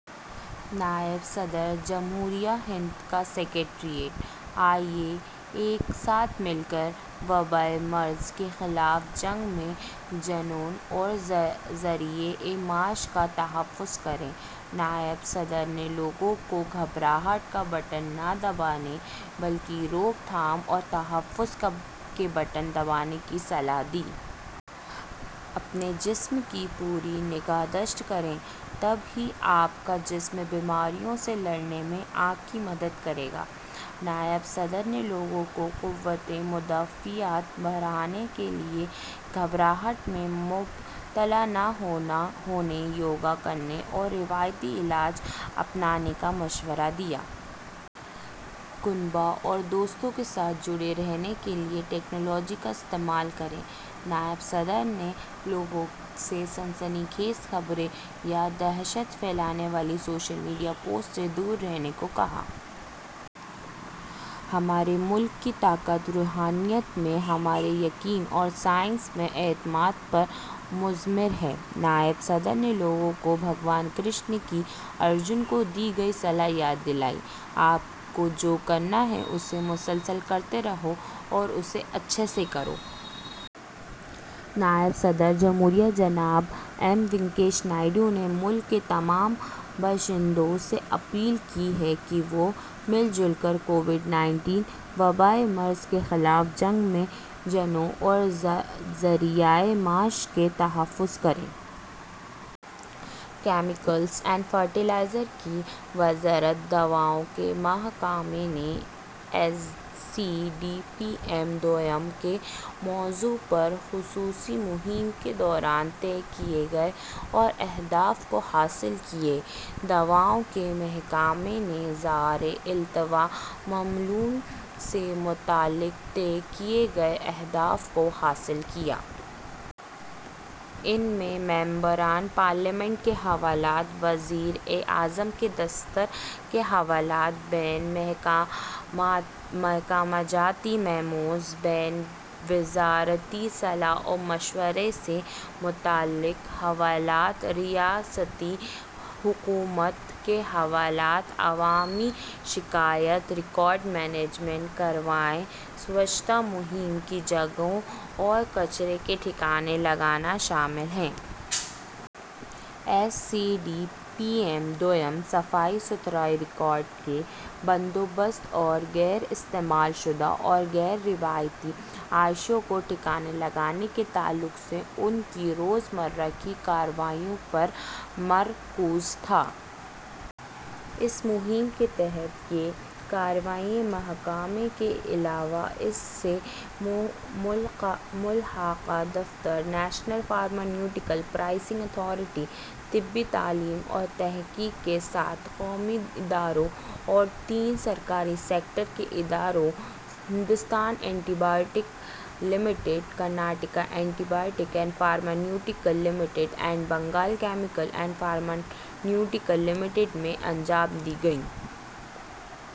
نائب صدر جمہوریہ ہند کا سکریٹریٹ۔ آئیے ایک ساتھ مل کر وبائی مرض کے خلاف جنگ میں جانوں اور ذریعہ معاش کا تحفظ کریں۔ نائب صدر نے لوگوں کو گھبراہٹ کا بٹن نہ دبانے بلکہ روک تھام اور تحفظ کے بٹن دبانے کی صلاح دی۔ اپنے جسم کی پوری نگہداشت کریں، تب ہی آپ کا جسم بیماریوں سے لڑنے میں آپ کی مدد کرے گا۔ نائب صدر نے لوگوں کو قوت مدافعت بڑھانے کے لیے گھبراہٹ میں مبتلا نہ ہونے، یوگا کرنے اور روایتی علاج اپنانے کا مشورہ دیا۔ کنبہ اور دوستوں کے ساتھ جڑے رہنے کے لیے ٹیکنالوجی کا استعمال کریں۔ نائب صدر نے لوگوں سے سنسنی خیز خبروں یا دہشت پھیلانے والی سوشل میڈیا پوسٹوں سے دور رہنے کو کہا۔ ہمارے ملک کی طاقت روحانیت میں ہمارے یقین اور سائنس میں اعتماد پر مضمر ہے۔ نائب صدر نے لوگوں کو بھگوان کرشن کی ارجن کو دی گئی صلاح یاد دلائی، آپ کو جو کرنا ہے اسے مسلسل کرتے رہو اور اسے اچھے سے کرو۔ نائب صدر جمہوریہ جناب ایم وینکیا نائیڈو نے ملک کے تمام باشندوں سے اپیل کی ہے کہ وہ مل جل کر کووڈ انیس وبائی مرض کے خلاف جنگ میں جانوں اور ذریعہ معاش کا تحفظ کریں۔ کیمیکلز اور فرٹیلائزر کی وزارت، دواؤں کے محکمے نے، S C D P M دوئم کے موضوع پر خصوصی مہم کے دوران طے کیے گئے اپنے اہداف کو حاصل کیا۔ دواؤں کے محکمے نے زیر التوا معاملوں سے متعلق طے کیے گئے اہداف کو حاصل کیا۔ ان میں ممبران پارلیمنٹ کے حوالہ جات، وزیر اعظم کے دفتر کے حوالہ جات، بین محکمہ جاتی میموز، بین وزارتی صلاح و مشورے سے متعلق حوالہ جات، ریاستی حکومت کے حوالہ جات، عوامی شکایات، ریکارڈ مینجمنٹ، کارروائیاں، سووچھتا مہم کی جگہوں اور کچرے کو ٹھکانے لگانا شامل ہے۔ S C D P M دوئم صفائی ستھرائی، ریکارڈ کے بندوبست اور غیر استعمال شدہ اور غیر روایتی اشیا کو ٹھکانے لگانے کے تعلق سے ان کی روز مرہ کی کارروائیوں پر مرکوز تھا۔ اس مہم کے تحت یہ کارروائیاں محکمے کے علاوہ اس سے ملحقہ دفتر، نیشنل فارماسیوٹیکل پرائسنگ اتھارٹی، طبی تعلیم اور تحقیق کے سات قومی اداروں اور تین سرکاری سیکٹر کے اداروں، Hindustan anti biotics limited, Karnataka anti biotics and pharmaceutical limited اور Bengal chemicals and pharmaceutical limited میں انجام دی گئیں۔